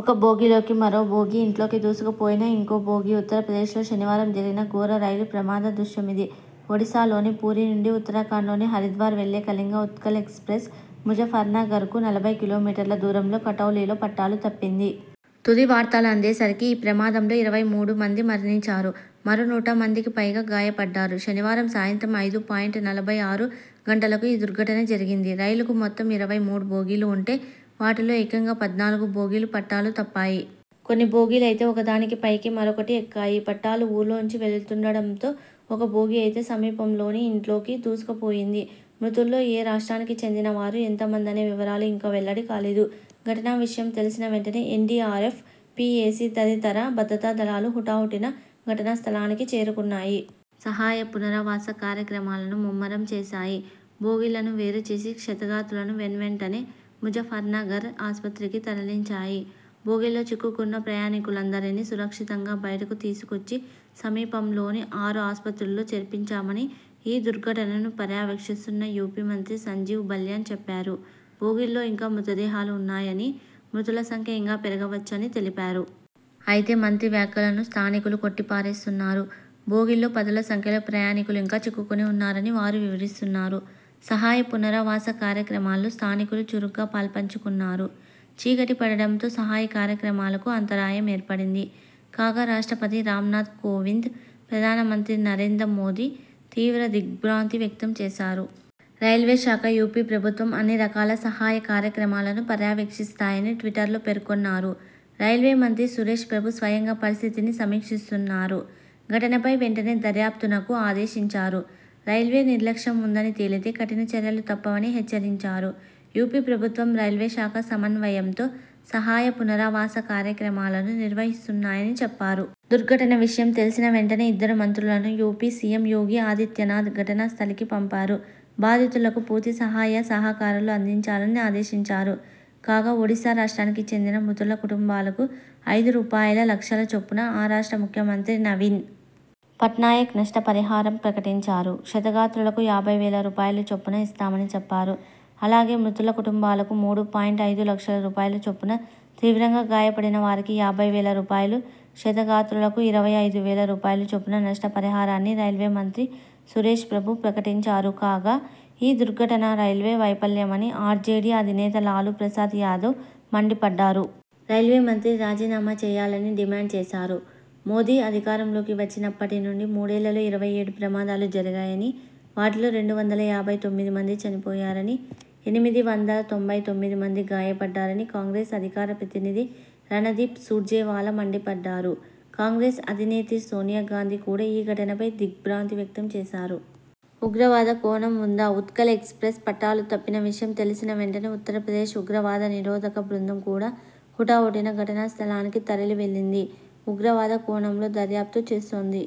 ఒక బోగీ లోకి మరో బోగీ! ఇంట్లోకి దూసుకుపోయిన ఇంకో బోగీ! ఉత్తరప్రదేశ్లో శనివారం జరిగిన ఘోర రైలు ప్రమాద దృశ్యమిది. ఒడిసా లోని పూరీ నుంచి ఉత్తరాఖండ్లోని హరిద్వార్ వెళ్లే కళింగ ఉత్కళ్ ఎక్స్ ప్రెస్ ముజఫర్నగర్కు నలభై కిలోమీటర్ల దూరంలోని కటౌలీలో పట్టాలు తప్పింది. తుది వార్తలు అందేసరికి ఈ ప్రమాదంలో ఇరవై మూడు మంది మరణించారు. మరో నూట మందికిపైగా గాయపడ్డారు. శనివారం సాయంత్రం ఐదు పాయింట్ నలభై ఆరు గంటలకు ఈ దుర్ఘటన జరిగింది. రైలుకు మొత్తం ఇరవై మూడు బోగీలు ఉంటే వాటిలో ఏకంగా పద్నాలుగు బోగీలు పట్టాలు తప్పాయి. కొన్ని బోగీలు అయితే ఒకదాని పైకి మరొకటి ఎక్కాయి. పట్టాలు ఊళ్లోంచి వెళుతుండడంతో ఒక బోగీ అయితే సమీపంలోని ఇంట్లోకి దూసుకుపోయింది. మృతుల్లో ఏ రాష్ట్రానికి చెందిన వారు ఎంతమందనే వివరాలు ఇంకా వెల్లడి కాలేదు. ఘటన విషయం తెలిసిన వెంటనే ఎన్డీఆర్ఎఫ్, పీఏసీ తదితర భద్రతా దళాలు హుటాహుటిన ఘటనా స్థలానికి చేరుకున్నాయి. సహాయ పునరావాస కార్యక్రమాలను ముమ్మరం చేశాయి. బోగీలను వేరు చేసి క్షతగాత్రులను వెన్వెంటనే ముజఫర్నగర్ ఆస్పత్రికి తరలించాయి. బోగీల్లో చిక్కుకున్న ప్రయాణికులందరినీ సురక్షితంగా బయటకు తీసుకొచ్చి, సమీపంలోని ఆరు ఆస్పత్రుల్లో చేర్పించామని ఈ దుర్ఘటనను పర్యవేక్షిస్తున్న యూపీ మంత్రి సంజీవ్ బల్యాన్ చెప్పారు. బొగీల్లో ఇంకా మృతదేహాలు ఉన్నాయని, మృతుల సంఖ్య ఇంగా పెరగవచ్చని తెలిపారు. అయితే, మంత్రి వ్యాఖ్యలను స్థానికులు కొట్టి పారేస్తున్నారు. బోగీల్లో పదుల సంఖ్యలో ప్రయాణికులు ఇంకా చిక్కుకుని ఉన్నారని వారు వివరిస్తున్నారు. సహాయ పునరావాస కార్యక్రమాల్లో స్థానికులు చురుగ్గా పాల్పంచుకున్నారు. చీకటి పడడంతో సహాయ కార్యక్రమాలకు అంతరాయం ఏర్పడింది. కాగా, రాష్ట్రపతి రామ్నాథ్ కోవింద్, ప్రధాన మంత్రి నరేంద్ర మోదీ తీవ్ర దిగ్ర్భాంతి వ్యక్తం చేశారు. రైల్వే శాఖ, యూపీ ప్రభుత్వం అన్ని రకాల సహాయ కార్యక్రమాలను పర్యవేక్షిస్తాయని ట్విటర్లో పేర్కొన్నారు. రైల్వే మంత్రి సురేశ్ ప్రభు స్వయంగా పరిస్థితిని సమీక్షిస్తున్నారు. ఘటనపై వెంటనే దర్యాప్తునకు ఆదేశించారు. రైల్వే నిర్లక్ష్యం ఉందని తేలితే కఠిన చర్యలు తప్పవని హెచ్చరించారు. యూపీ ప్రభుత్వం, రైల్వే శాఖ సమన్వయంతో సహాయ పునరావాస కార్యక్రమాలను నిర్వహిస్తున్నాయని చెప్పారు. దుర్ఘటన విషయం తెలిసిన వెంటనే ఇద్దరు మంత్రులను యూపీ సీఎం యోగి ఆదిత్యనాథ్ ఘటనా స్థలికి పంపారు. బాధితులకు పూర్తి సహాయ సహకారాలు అందించాలని ఆదేశించారు. కాగా, ఒడిసా రాష్ట్రానికి చెందిన మృతుల కుటుంబాలకు ఐదు రూపాయల లక్షల చొప్పున ఆ రాష్ట్ర ముఖ్యమంత్రి నవీన్ పట్నాయక్ నష్ట పరిహారం ప్రకటించారు క్షతగాత్రులకు యాభై వేల రూపాయల చొప్పున ఇస్తామని చెప్పారు అలాగే, మృతుల కుటుంబాలకు మూడు పాయింట్ ఐదు లక్షల రూపాయల చొప్పున తీవ్రంగా గాయపడిన వారికి యాభై వేల రూపాయలు క్షతగాత్రులకు ఇరవై ఐదు వేల రూపాయలు చొప్పున నష్ట పరిహారాన్ని రైల్వే మంత్రి సురేశ్ ప్రభు ప్రకటించారు కాగా, ఈ దుర్ఘటన రైల్వే వైఫల్యమని ఆర్జేడీ అధినేత లాలు ప్రసాద్ యాదవ్ మండి పడ్డారు. రైల్వే మంత్రి రాజీనామా చేయాలని డిమాండ్ చేశారు. మోదీ అధికారంలోకి వచ్చినప్పటి నుంచీ మూడేళ్లలో ఇరవై ఏడు ప్రమాదాలు జరిగాయని, వాటిలో రెండు వందల యాభై తొమ్మిది మంది చనిపోయారని, ఎనిమిది వందల తొంభై తొమ్మిది మంది గాయపడ్డారని కాంగ్రెస్ అధికార ప్రతినిధి రణదీప్ సూర్జేవాలా మండిపడ్డారు కాంగ్రెస్ అధినేత్రి సోనియా గాంధీ కూడా ఈ ఘటనపై దిగ్ర్భాంతి వ్యక్తం చేశారు. ఉగ్రవాద కోణం ఉందా? ఉత్కళ్ ఎక్స్ ప్రెస్ పట్టాలు తప్పిన విషయం తెలిసిన వెంటనే ఉత్తరప్రదేశ్ ఉగ్రవాద నిరోధక బృందం కూడా హుటాహుటిన ఘటనా స్థలానికి తరలి వెళ్లింది. ఉగ్రవాద కోణంలో దర్యాప్తు చేస్తోంది.